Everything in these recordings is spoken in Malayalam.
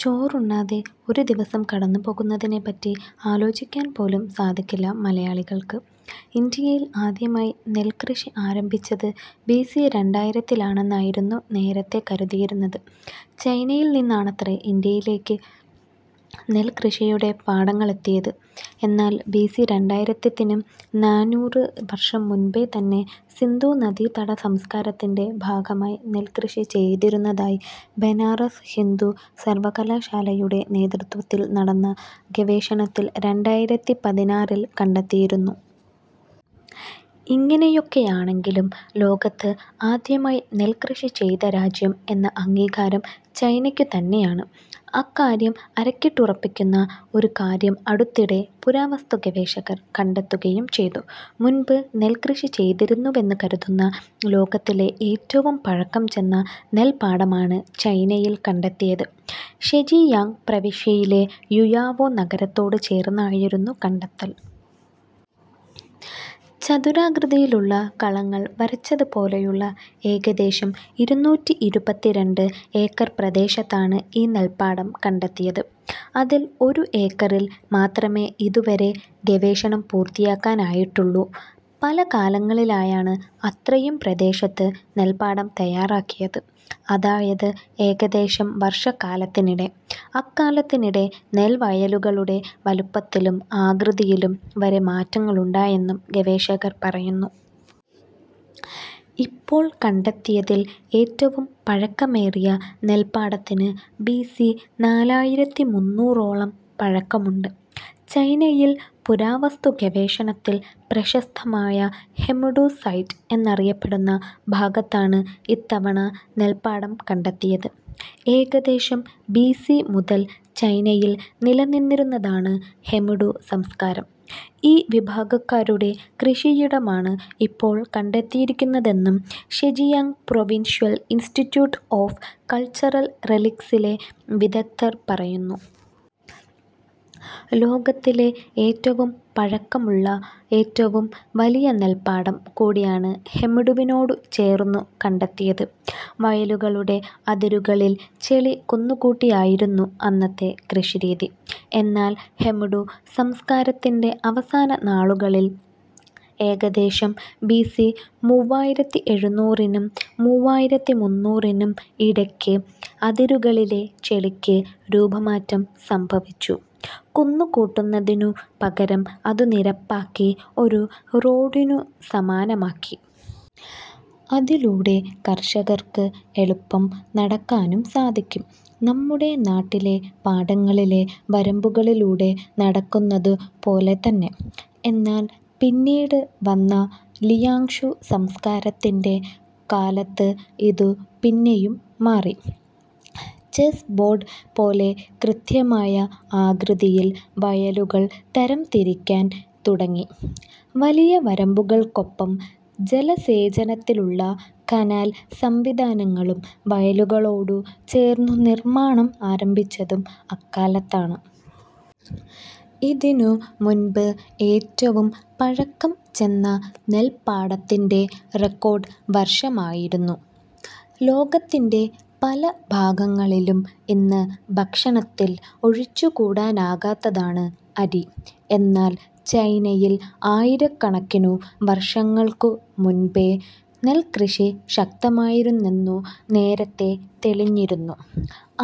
ചോറുണ്ണാതെ ഒരു ദിവസം കടന്നുപോകുന്നതിനെപ്പറ്റി ആലോചിക്കാൻ പോലും സാധിക്കില്ല മലയാളികൾക്ക്. ഇന്ത്യയിൽ ആദ്യമായി നെൽ കൃഷി ആരംഭിച്ചത് ബിസി രണ്ടായിരത്തിലാണെന്നായിരുന്നു നേരത്തേ കരുതിയിരുന്നത്. ചൈനയിൽനിന്നാണത്രേ ഇന്ത്യയിലേക്ക് നെൽകൃഷിയുടെ പാഠങ്ങളെത്തിയത്. എന്നാൽ ബിസി രണ്ടായിരത്തിത്തിനും നാന്നൂറ് വർഷം മുൻപേതന്നെ സിന്ധൂനദീതട സംസ്കാരത്തിൻ്റെ ഭാഗമായി നെൽകൃഷി ചെയ്തിരുന്നതായി ബനാറസ് ഹിന്ദു സർവകലാശാലയുടെ നേതൃത്വത്തിൽ നടന്ന ഗവേഷണത്തിൽ രണ്ടായിരത്തിപതിനാറിൽ കണ്ടെത്തിയിരുന്നു. ഇങ്ങനെയൊക്കെയാണെങ്കിലും ലോകത്ത് ആദ്യമായി നെൽകൃഷി ചെയ്ത രാജ്യം എന്ന അംഗീകാരം ചൈനയ്ക്കു തന്നെയാണ്. അക്കാര്യം അരക്കിട്ടുറപ്പിക്കുന്ന ഒരു കാര്യം അടുത്തിടെ പുരാവസ്തു ഗവേഷകർ കണ്ടെത്തുകയും ചെയ്തു. മുൻപ് നെൽകൃഷി ചെയ്തിരുന്നുവെന്നു കരുതുന്ന, ലോകത്തിലെ ഏറ്റവും പഴക്കം ചെന്ന നെൽപ്പാടമാണ് ചൈനയിൽ കണ്ടെത്തിയത്. ഷെജിയാങ് പ്രവിശ്യയിലെ യുയാവോ നഗരത്തോടു ചേർന്നായിരുന്നു കണ്ടെത്തൽ. ചതുരാകൃതിയിലുള്ള കളങ്ങൾ വരച്ചതു പോലെയുള്ള ഏകദേശം ഇരുന്നൂറ്റിഇരുപത്തിരണ്ട് ഏക്കർ പ്രദേശത്താണ് ഈ നെൽപ്പാടം കണ്ടെത്തിയത്. അതിൽ ഒരു ഏക്കറിൽ മാത്രമേ ഇതുവരെ ഗവേഷണം പൂർത്തിയാക്കാനായിട്ടുള്ളൂ. പല കാലങ്ങളിലായാണ് അത്രയും പ്രദേശത്ത് നെൽപ്പാടം തയാറാക്കിയത്. അതായത് ഏകദേശം വർഷക്കാലത്തിനിടെ. അക്കാലത്തിനിടെ നെൽവയലുകളുടെ വലുപ്പത്തിലും ആകൃതിയിലും വരെ മാറ്റങ്ങളുണ്ടായെന്നും ഗവേഷകർ പറയുന്നു. ഇപ്പോൾ കണ്ടെത്തിയതിൽ ഏറ്റവും പഴക്കമേറിയ നെൽപ്പാടത്തിന് ബിസി നാലായിരത്തിമുന്നൂറോളം പഴക്കമുണ്ട്. ചൈനയിൽ പുരാവസ്തു ഗവേഷണത്തിൽ പ്രശസ്തമായ ഹെമുഡു സൈറ്റ് എന്നറിയപ്പെടുന്ന ഭാഗത്താണ് ഇത്തവണ നെൽപ്പാടം കണ്ടെത്തിയത്. ഏകദേശം ബിസി മുതൽ ചൈനയിൽ നിലനിന്നിരുന്നതാണ് ഹെമുഡു സംസ്കാരം. ഈ വിഭാഗക്കാരുടെ കൃഷിയിടമാണ് ഇപ്പോൾ കണ്ടെത്തിയിരിക്കുന്നതെന്നും Zhejiang provincial institute of cultural റെലിക്സിലെ വിദഗ്ധർ പറയുന്നു. ലോകത്തിലെ ഏറ്റവും പഴക്കമുള്ള, ഏറ്റവും വലിയ നെൽപ്പാടം കൂടിയാണ് ഹെമുഡുവിനോടു ചേർന്നു കണ്ടെത്തിയത്. വയലുകളുടെ അതിരുകളിൽ ചെളി കുന്നുകൂട്ടിയായിരുന്നു അന്നത്തെ കൃഷി രീതി. എന്നാൽ ഹെമുഡു സംസ്കാരത്തിൻ്റെ അവസാന നാളുകളിൽ, ഏകദേശം ബിസി മുവ്വായിരത്തിഎഴുന്നൂറിനും മുവ്വായിരത്തിമുന്നൂറിനും ഇടയ്ക്ക് അതിരുകളിലെ ചെളിക്ക് രൂപമാറ്റം സംഭവിച്ചു. കുന്നുകൂട്ടുന്നതിനു പകരം അത് നിരപ്പാക്കി ഒരു റോഡിനു സമാനമാക്കി. അതിലൂടെ കർഷകർക്ക് എളുപ്പം നടക്കാനും സാധിക്കും. നമ്മുടെ നാട്ടിലെ പാടങ്ങളിലെ വരമ്പുകളിലൂടെ നടക്കുന്നതു പോലെത്തന്നെ! എന്നാൽ പിന്നീട് വന്ന ലിയാങ്ഷു സംസ്കാരത്തിൻ്റെ കാലത്ത് ഇതു പിന്നെയും മാറി. ചെസ് ബോർഡ് പോലെ കൃത്യമായ ആകൃതിയിൽ വയലുകൾ തരംതിരിക്കാൻ തുടങ്ങി. വലിയ വരമ്പുകൾക്കൊപ്പം ജലസേചനത്തിലുള്ള കനാൽ സംവിധാനങ്ങളും വയലുകളോടു ചേർന്നു നിർമാണം ആരംഭിച്ചതും അക്കാലത്താണ്. ഇതിനു മുൻപ് ഏറ്റവും പഴക്കം ചെന്ന നെൽപ്പാടത്തിൻ്റെ റെക്കോർഡ് വർഷമായിരുന്നു. ലോകത്തിൻ്റെ പല ഭാഗങ്ങളിലും ഇന്ന് ഭക്ഷണത്തിൽ ഒഴിച്ചുകൂടാനാകാത്തതാണ് അരി. എന്നാൽ ചൈനയിൽ ആയിരക്കണക്കിനു വർഷങ്ങൾക്കു മുൻപേ നെൽകൃഷി ശക്തമായിരുന്നെന്നു നേരത്തേ തെളിഞ്ഞിരുന്നു.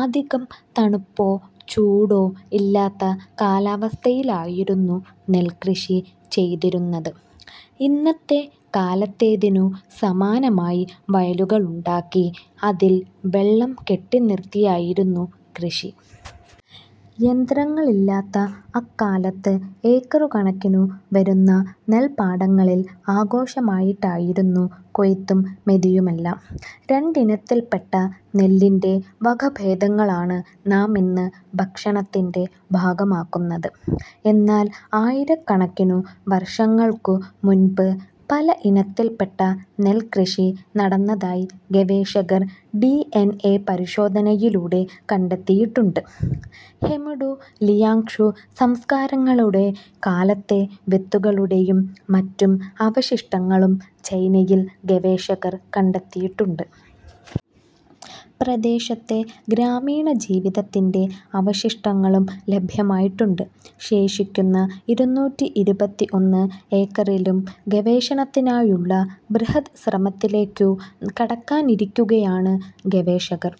അധികം തണുപ്പോ ചൂടോ ഇല്ലാത്ത കാലാവസ്ഥയിലായിരുന്നു നെൽകൃഷി ചെയ്തിരുന്നത്. ഇന്നത്തെ കാലത്തേതിനു സമാനമായി വയലുകളുണ്ടാക്കി അതിൽ വെള്ളം കെട്ടിനിർത്തിയായിരുന്നു കൃഷി. യന്ത്രങ്ങളില്ലാത്ത അക്കാലത്ത് ഏക്കറുകണക്കിനു വരുന്ന നെൽപ്പാടങ്ങളിൽ ആഘോഷമായിട്ടായിരുന്നു കൊയ്ത്തും മെതിയുമെല്ലാം. രണ്ടിനത്തിൽപ്പെട്ട നെല്ലിൻ്റെ വകഭേദങ്ങളാണ് നാമിന്ന് ഭക്ഷണത്തിൻ്റെ ഭാഗമാക്കുന്നത്. എന്നാൽ ആയിരക്കണക്കിനു വർഷങ്ങൾക്കു മുൻപ് പല ഇനത്തിൽപ്പെട്ട നെൽകൃഷി നടന്നതായി ഗവേഷകർ ഡി.എൻ.എ പരിശോധനയിലൂടെ കണ്ടെത്തിയിട്ടുണ്ട്. ഹെമുഡു, ലിയാങ്ഷു സംസ്കാരങ്ങളുടെ കാലത്തെ വിത്തുകളുടെയും മറ്റും അവശിഷ്ടങ്ങളും ചൈനയിൽ ഗവേഷകർ കണ്ടെത്തിയിട്ടുണ്ട്. പ്രദേശത്തെ ഗ്രാമീണജീവിതത്തിൻ്റെ അവശിഷ്ടങ്ങളും ലഭ്യമായിട്ടുണ്ട്. ശേഷിക്കുന്ന ഇരുന്നൂറ്റിഇരുപത്തിഒന്ന് ഏക്കറിലും ഗവേഷണത്തിനായുള്ള ബൃഹദ് ശ്രമത്തിലേക്കു കടക്കാനിരിക്കുകയാണ് ഗവേഷകർ.